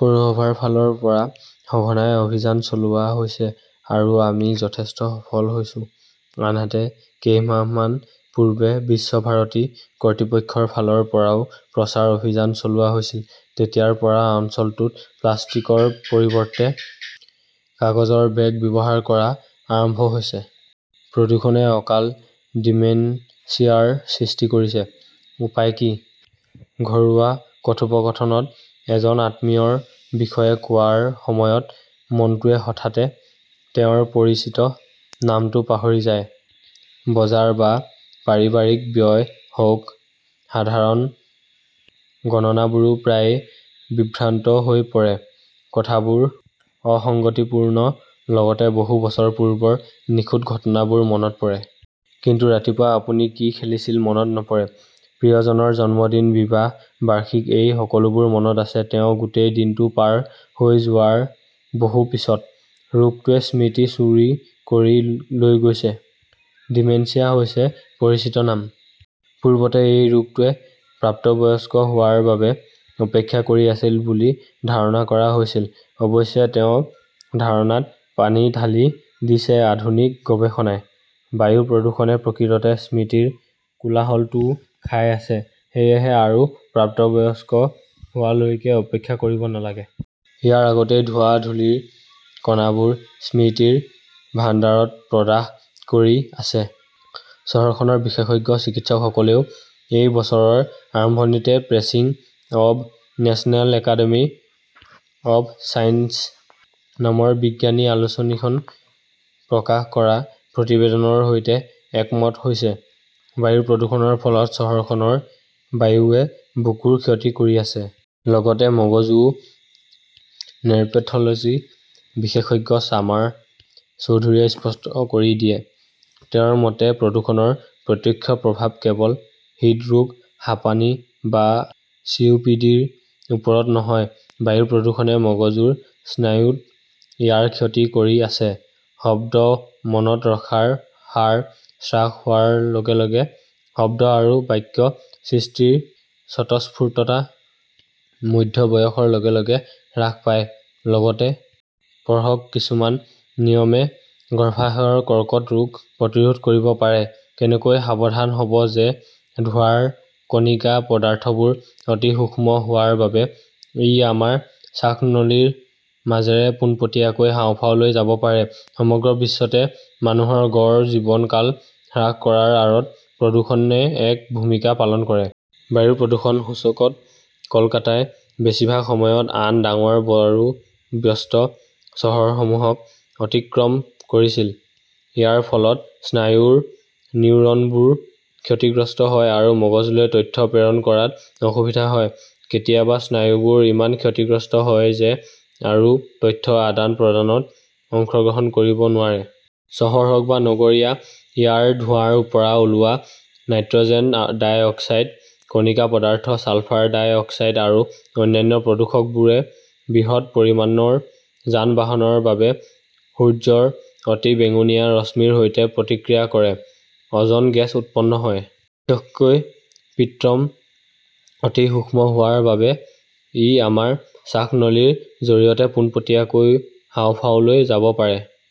পৌৰসভাৰ ফালৰ পৰা সঘনাই অভিযান চলোৱা হৈছে আৰু আমি যথেষ্ট সফল হৈছো। আনহাতে, কেইমাহমান পূৰ্বে বিশ্বভাৰতী কৰ্তৃপক্ষৰ ফালৰ পৰাও প্ৰচাৰ অভিযান চলোৱা হৈছিল। তেতিয়াৰ পৰা অঞ্চলটোত প্লাষ্টিকৰ পৰিৱৰ্তে কাগজৰ বেগ ব্যৱহাৰ কৰা আৰম্ভ হৈছে। প্ৰদূষণে অকাল ডিমেনচিয়াৰ সৃষ্টি কৰিছে, উপায় কি? ঘৰুৱা কথোপকথনত এজন আত্মীয়ৰ বিষয়ে কোৱাৰ সময়ত মনটোৱে হঠাতে তেওঁৰ পৰিচিত নামটো পাহৰি যায়। বজাৰ বা পাৰিবাৰিক ব্যয় হওক, সাধাৰণ গণনাবোৰো প্ৰায়ে বিভ্ৰান্ত হৈ পৰে। কথাবোৰ অসঙ্গতিপূৰ্ণ, লগতে বহু বছৰ পূৰ্বৰ নিখুঁত ঘটনাবোৰ মনত পৰে। কিন্তু ৰাতিপুৱা আপুনি কি খেলিছিল মনত নপৰে। প্ৰিয়জনৰ জন্মদিন, বিবাহ বাৰ্ষিকী এই সকলোবোৰ মনত আছে তেওঁ গোটেই দিনটো পাৰ হৈ যোৱাৰ বহু পিছত। ৰোগটোৱে স্মৃতি চুৰি কৰি লৈ গৈছে। ডিমেনচিয়া হৈছে পৰিচিত নাম। পূৰ্বতে এই ৰোগটোৱে প্ৰাপ্তবয়স্ক হোৱাৰ বাবে অপেক্ষা কৰি আছিল বুলি ধাৰণা কৰা হৈছিল। অৱশ্যে, তেওঁ ধাৰণাত পানী ঢালি দিছে আধুনিক গৱেষণাই। বায়ু প্ৰদূষণে প্ৰকৃততে স্মৃতিৰ কোলাহলটোও খাই আছে। সেয়েহে আৰু প্ৰাপ্তবয়স্ক হোৱালৈকে অপেক্ষা কৰিব নালাগে। ইয়াৰ আগতেই ধোঁৱা-ধূলিৰ কণাবোৰে স্মৃতিৰ ভাণ্ডাৰত প্ৰদাহ কৰি আছে। চহৰখনৰ বিশেষজ্ঞ চিকিৎসকসকলেও এই বছৰৰ আৰম্ভণিতে Proceedings of National Academy of Sciences নামৰ বিজ্ঞান আলোচনীখনে প্ৰকাশ কৰা প্ৰতিবেদনৰ সৈতে একমত হৈছে। বায়ু প্ৰদূষণৰ ফলত চহৰখনৰ বায়ুৱে বুকুৰ ক্ষতি কৰি আছে। লগতে মগজুও। নেৰপেথলজী বিশেষজ্ঞ ছামাৰ চৌধুৰীয়ে স্পষ্ট কৰি দিয়ে। তেওঁৰ মতে, প্ৰদূষণৰ প্ৰত্যক্ষ প্ৰভাৱ কেৱল হৃদৰোগ, হাঁপানি বা চি. ও. পি. ডি. ৰ ওপৰত নহয়, বায়ু প্ৰদূষণে মগজুৰ স্নায়ুত ইয়াৰ ক্ষতি কৰি আছে। শব্দ মনত ৰখাৰ হাৰ হ্ৰাস হোৱাৰ লগে লগে, শব্দ আৰু বাক্য সৃষ্টিৰ স্বতঃস্ফূৰ্ততা মধ্য বয়সৰ লগে লগে হ্ৰাস পায়। লগতে পঢ়ক কিছুমান নিয়মে গৰ্ভাশয়ৰ কৰ্কট ৰোগ প্ৰতিৰোধ কৰিব পাৰে, কেনেকৈ সাৱধান হ'ব যে ধোঁৱাৰ কণিকা পদাৰ্থবোৰ অতি সূক্ষ্ম হোৱাৰ বাবে ই আমাৰ শ্বাসনলীৰ মাজেৰে পোনপটীয়াকৈ হাঁওফাওলৈ যাব পাৰে। সমগ্ৰ বিশ্বতে মানুহৰ গড় জীৱনকাল হ্ৰাস কৰাৰ আঁৰত প্ৰদূষণে এক ভূমিকা পালন কৰে। বায়ু প্ৰদূষণ সূচকত কলকাতাই বেছিভাগ সময়ত আন ডাঙৰ আৰু ব্যস্ত চহৰসমূহক অতিক্ৰম কৰিছিল। ইয়াৰ ফলত স্নায়ুৰ নিউৰনবোৰ ক্ষতিগ্ৰস্ত হয় আৰু মগজুলৈ তথ্য প্ৰেৰণ কৰাত অসুবিধা হয়। কেতিয়াবা স্নায়ুবোৰ ইমান ক্ষতিগ্ৰস্ত হয় যে আৰু তথ্য আদান-প্ৰদানত অংশগ্ৰহণ কৰিব নোৱাৰে। চহৰ হওঁক বা নগৰীয়া, ইয়াৰ ধোঁৱাৰ পৰা ওলোৱা নাইট্ৰ'জেন ডাই অক্সাইড, কণিকা পদাৰ্থ, ছালফাৰ ডাই অক্সাইড আৰু অন্যান্য প্ৰদূষকবোৰে বৃহৎ পৰিমাণৰ যান-বাহনৰ বাবে সূৰ্যৰ অতি বেঙুনীয়া ৰশ্মিৰ সৈতে প্ৰতিক্ৰিয়া কৰে। অজন গেছ উৎপন্ন হয়। বিশেষকৈ পিএম অতি সূক্ষ্ম হোৱাৰ বাবে ই আমাৰ শ্বাসনলীৰ জৰিয়তে পোনপটীয়াকৈ হাঁওফাওলৈ যাব পাৰে।